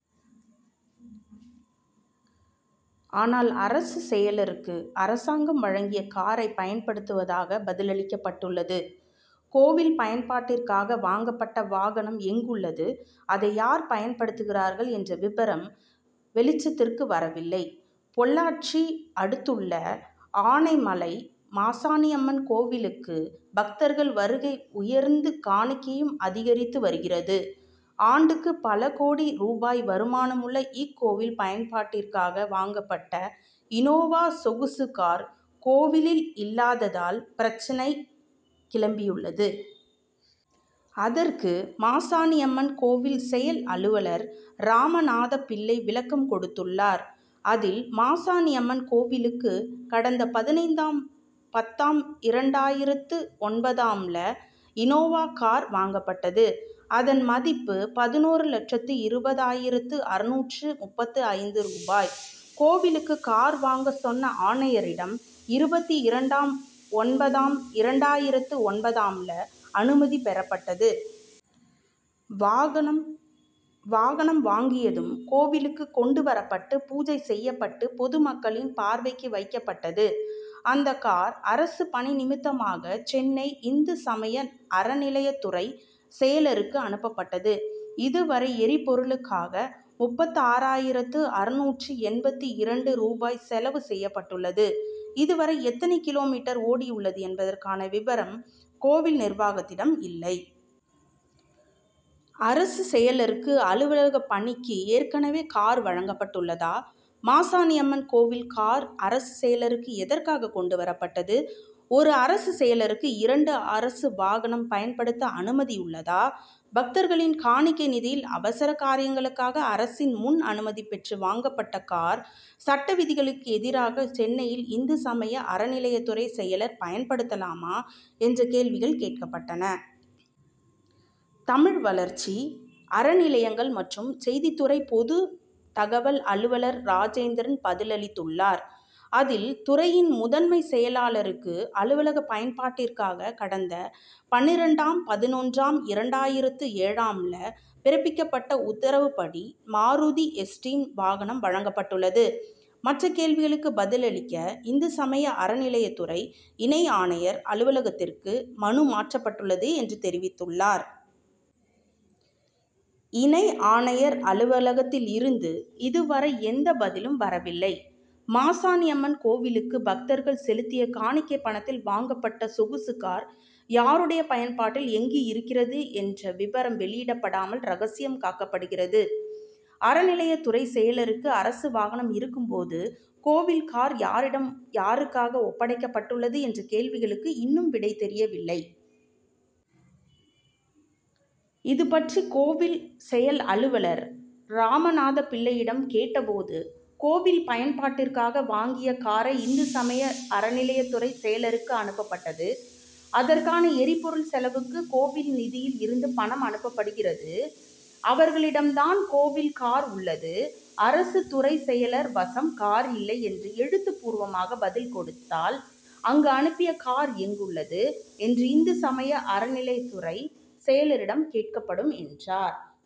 ஆனால், அரசு செயலருக்கு அரசாங்கம் வழங்கிய காரை பயன்படுத்துவதாக பதிலளிக்கப்பட்டுள்ளது. கோவில் பயன்பாட்டிற்காக வாங்கப்பட்ட வாகனம் எங்குள்ளது? அதை யார் பயன்படுத்துகிறார்கள்? என்ற விபரம் வெளிச்சத்திற்கு வரவில்லை. பொள்ளாச்சி அடுத்துள்ள ஆனைமலை மாசாணியம்மன் கோவிலுக்கு பக்தர்கள் வருகை உயர்ந்து காணிக்கையும் அதிகரித்து வருகிறது. ஆண்டுக்கு பல கோடி ரூபாய் வருமானமுள்ள இக்கோவில் பயன்பாட்டிற்காக வாங்கப்பட்ட இனோவா சொகுசு கார், கோவிலில் இல்லாததால் பிரச்னை கிளம்பியுள்ளது. அதற்கு, மாசாணியம்மன் கோவில் செயல்அலுவலர் ராமநாதபிள்ளை விளக்கம் கொடுத்துள்ளார். அதில், மாசாணியம்மன் கோவிலுக்கு கடந்த பதினைந்தாம் பத்தாம் இரண்டாயிரத்து ஒன்பதாம்ல் இனோவா கார் வாங்கப்பட்டது. அதன் மதிப்பு பதினொரு லட்சத்து இருபதாயிரத்து அறுநூற்று முப்பத்தைந்து ரூபாய். கோவிலுக்கு கார் வாங்க சென்னை ஆணையரிடம் இருபத்திரண்டாம் ஒன்பதாம் இரண்டாயிரத்து ஒன்பதாம்ல் அனுமதி பெறப்பட்டுள்ளது. வாகனம் வாகனம் வாங்கியதும் கோவிலுக்கு கொண்டு வரப்பட்டு பூஜை செய்யப்பட்டு பொதுமக்களின் பார்வைக்கு வைக்கப்பட்டது. அந்த கார் அரசு பணி நிமித்தமாக சென்னை, இந்து சமய அறநிலையத்துறை செயலருக்கு அனுப்பப்பட்டது. இதுவரை எரிபொருளுக்காக முப்பத்தாறாயிரத்து அறுநூற்று எண்பத்திரண்டு ரூபாய் செலவு செய்யப்பட்டுள்ளது. இதுவரை எத்தனை கிலோமீட்டர் ஓடியுள்ளது என்பதற்கான விபரம் கோவில் நிர்வாகத்திடம் இல்லை. அரசு செயலருக்கு அலுவலக பணிக்கு ஏற்கனவே கார் வழங்கப்பட்டுள்ளதா, மாசாணியம்மன் கோவில் கார் அரசு செயலருக்கு எதற்காக கொண்டு வரப்பட்டது, ஒரு அரசு செயலருக்கு இரண்டு அரசு வாகனம் பயன்படுத்த அனுமதியுள்ளதா, பக்தர்களின் காணிக்கை நிதியில் அவசர காரியங்களுக்காக அரசின் முன் அனுமதி பெற்று வாங்கப்பட்ட கார் சட்டவிதிகளுக்கு எதிராக சென்னையில் இந்து சமய அறநிலையத்துறை செயலர் பயன்படுத்தலாமா என்ற கேள்விகள் கேட்கப்பட்டன. தமிழ் வளர்ச்சி, அறநிலையங்கள் மற்றும் செய்தி துறை பொதுத் தகவல் அலுவலர் ராஜேந்திரன் பதிலளித்துள்ளார். அதில், துறையின் முதன்மை செயலாளருக்கு அலுவலக பயன்பாட்டிற்காக கடந்த பன்னிரண்டாம் பதினொன்றாம் இரண்டாயிரத்து ஏழாம்ல் பிறப்பிக்கப்பட்ட உத்தரவுப்படி மாருதி எஸ்டீம் வாகனம் வழங்கப்பட்டுள்ளது. மற்ற கேள்விகளுக்கு பதிலளிக்க இந்து சமய அறநிலையத்துறை இணை ஆணையர் அலுவலகத்திற்கு மனு மாற்றப்பட்டுள்ளது என்று தெரிவித்துள்ளார். இணை ஆணையர் அலுவலகத்தில் இருந்து இதுவரை எந்த பதிலும் வரவில்லை. மாசாணியம்மன் கோவிலுக்கு பக்தர்கள் செலுத்திய காணிக்கை பணத்தில் வாங்கப்பட்ட சொகுசு கார் யாருடைய பயன்பாட்டில், எங்கு இருக்கிறது என்ற விபரம் வெளியிடப்படாமல் ரகசியம் காக்கப்படுகிறது. அறநிலையத்துறை செயலருக்கு அரசு வாகனம் இருக்கும் போது, கோவில் கார் யாரிடம் யாருக்காக ஒப்படைக்கப்பட்டுள்ளது என்ற கேள்விகளுக்கு இன்னும் விடை தெரியவில்லை. இதுபற்றி கோவில் செயல்அலுவலர் ராமநாதபிள்ளையிடம் கேட்டபோது, கோவில் பயன்பாட்டிற்காக வாங்கிய காரை இந்து சமய அறநிலையத்துறை செயலருக்கு அனுப்பப்பட்டது. அதற்கான எரிபொருள் செலவுக்கு கோவில் நிதியில் இருந்து பணம் அனுப்பப்படுகிறது. அவர்களிடம் தான் கோவில் கார் உள்ளது. அரசு துறை செயலர் வசம் கார் இல்லை என்று எழுத்து பூர்வமாக பதில் கொடுத்தால், அங்கு அனுப்பிய கார் எங்குள்ளது என்று இந்து சமய அறநிலையத்துறை செயலரிடம் கேட்கப்படும் என்றார்.